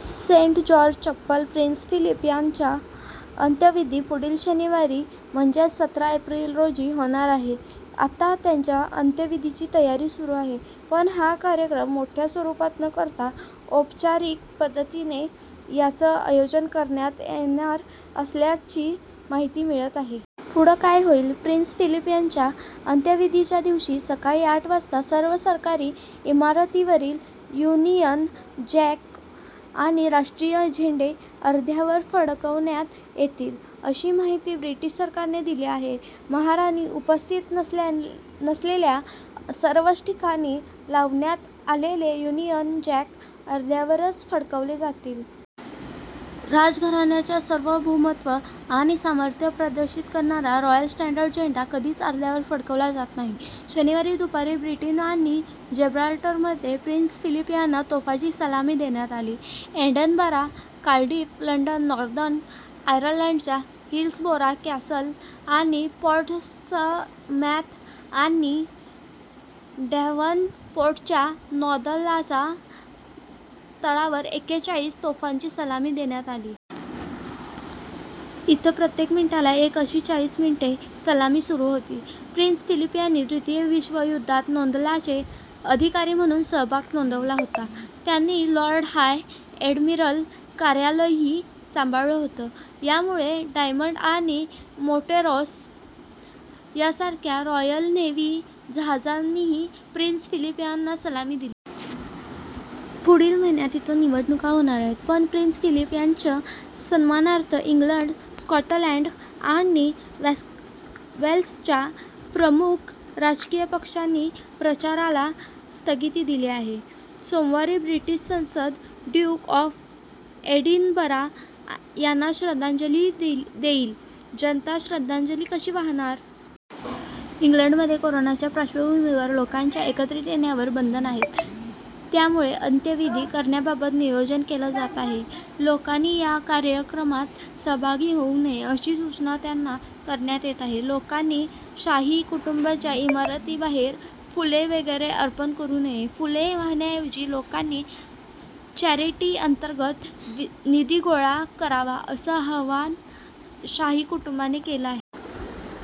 Saint George Chapel Prince Philip यांचा अंत्यविधी पुढील शनिवारी म्हणजेच सतरा एप्रिल रोजी होणार आहे. आता त्यांच्या अंत्यविधीची तयारी सुरू आहे. पण हा कार्यक्रम मोठ्या स्वरुपात न करता औपचारिक पद्धतीने याचं आयोजन करण्यात येणार असल्याची माहिती मिळत आहे. पुढं काय होईल? प्रिन्स फिलीप यांच्या अंत्यविधीच्या दिवशी सकाळी आठ वाजता सर्व सरकारी इमारतींवरील युनियन जॅक आणि राष्ट्रीय झेंडे अर्ध्यावर फडकवण्यात येतील, अशी माहिती ब्रिटिश सरकारने दिली आहे. महाराणी उपस्थित नसलेल्या सर्वच ठिकाणी लावण्यात आलेले युनियन जॅक अर्ध्यावरच फडकवले जातील. राजघराण्याच्या सार्वभौमत्व आणि सामर्थ्य प्रदर्शित करणारा रॉयल स्टँडर्ड झेंडा कधीच अर्ध्यावर फडकवला जात नाही. शनिवारी दुपारी ब्रिटन आणि जिब्राल्टरमध्ये प्रिन्स फिलीप यांना तोफांची सलामी देण्यात आली. एडिनबरा, कार्डिफ, लंडन, नॉर्दर्न आयरलँडच्या हिल्सबोरो कॅसल आणि पोर्ट्समॅथ आणि डेव्हनपोर्टच्या नौदलाच्या तळावर एकेचाळीस तोफांची सलामी देण्यात आली. इथं प्रत्येक मिनिटाला एक अशी चाळीस मिनिटे सलामी सुरू होती. प्रिन्स फिलीप यांनी द्वितीय विश्व युद्धात नौदलाचे अधिकारी म्हणून सहभाग नोंदवला होता. त्यांनी लॉर्ड हाय एडमिरल कार्यालयही सांभाळलं होतं. यामुळे डायमंड आणि मोंटेरोस यांसारख्या रॉयल नेव्ही जहाजांनीही प्रिन्स फिलीप यांना सलामी दिली. पुढील महिन्यात इथं निवडणुका होणार आहेत. पण प्रिन्स फिलीप यांच्य सन्मानार्थ इंग्लंड, स्कॉटलँड आणि वेल्सच्या प्रमुख राजकीय पक्षांनी प्रचाराला स्थगिती दिली आहे. सोमवारी ब्रिटिश संसद ड्यूक ऑफ एडिनबरा यांना श्रद्धांजली देईल. जनता श्रद्धांजली कशी वाहणार? इंग्लंडमध्ये कोरोनाच्या पार्श्वभूमीवर लोकांच्या एकत्रित येण्यावर बंधनं आहेत. त्यमुळे अंत्यविधी करण्याबाबत नियोजन केलं जात आहे. लोकांनी या कार्यक्रमात सहभागी होऊ नये, अशी सूचना त्यांना करण्यात येत आहे. लोकांनी शाही कुटुंबाच्या इमारतींबाहेर फुले वगैरे अर्पण करू नये, फुले वाहण्याऐवजी लोकांनी चॅरिटीअंतर्गत निधी गोळा करावा, असं आवाहन शाही कुटुंबाने केलं आहे.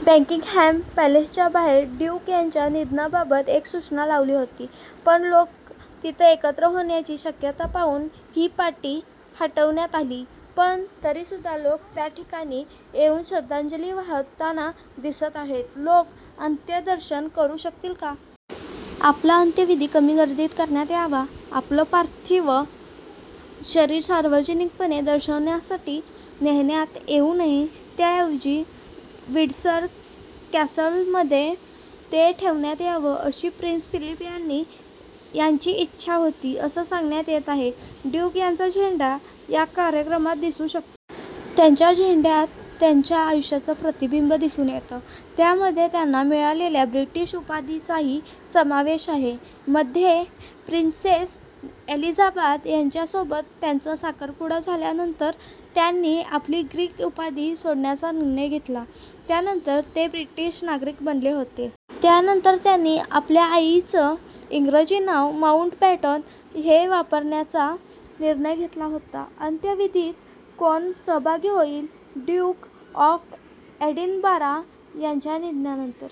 बकिंगहॅम पॅलेसच्या बाहेर ड्यूक यांच्या निधनाबाबत एक सूचना लावली होती. पण लोक तिथं एकत्र होण्याची शक्यता पाहून ही पाटी हटवण्यात आली. पण तरीसुद्धा लोक त्याठिकाणी येऊन श्रद्धांजली वाहताना दिसत आहेत. लोक अंत्यदर्शन करू शकतील का? आपला अंत्यविधी कमी गर्दीत करण्यात यावा. आपलं पार्थिव शरीर सार्वजनिकपणे दर्शनासाठी ठेवण्यात येऊ नये. त्याऐवजी विंडसर कॅसलमध्ये ते ठेवण्यात यावं, अशी प्रिन्स फिलीप यांची इच्छा होती, असं सांगण्यात येत आहे. ड्यूक यांचा झेंडा या कार्यक्रमात दिसू शकतो. त्यांच्या झेंड्यात त्यांच्या आयुष्याचं प्रतिबिंब दिसून येतं. त्यामध्ये त्यांना मिळालेल्या ब्रिटिश उपाधीचाही समावेश आहे. मध्ये प्रिन्सेस एलिझाबेथ यांच्यासोबत त्यांचा साखरपुडा झाल्यानंतर त्यांनी आपली ग्रीक उपाधी सोडण्याचा निर्णय घेतला. त्यानंतर ते ब्रिटिश नागरिक बनले होते. त्यानंतर त्यांनी आपल्या आईचं इंग्रजी नाव माऊंटबॅटन हे वापरण्याचा निर्णय घेतला होता. अंत्यविधीत कोण सहभागी होतील? ड्यूक ऑफ एडिनबरा यांच्या निधनानंतर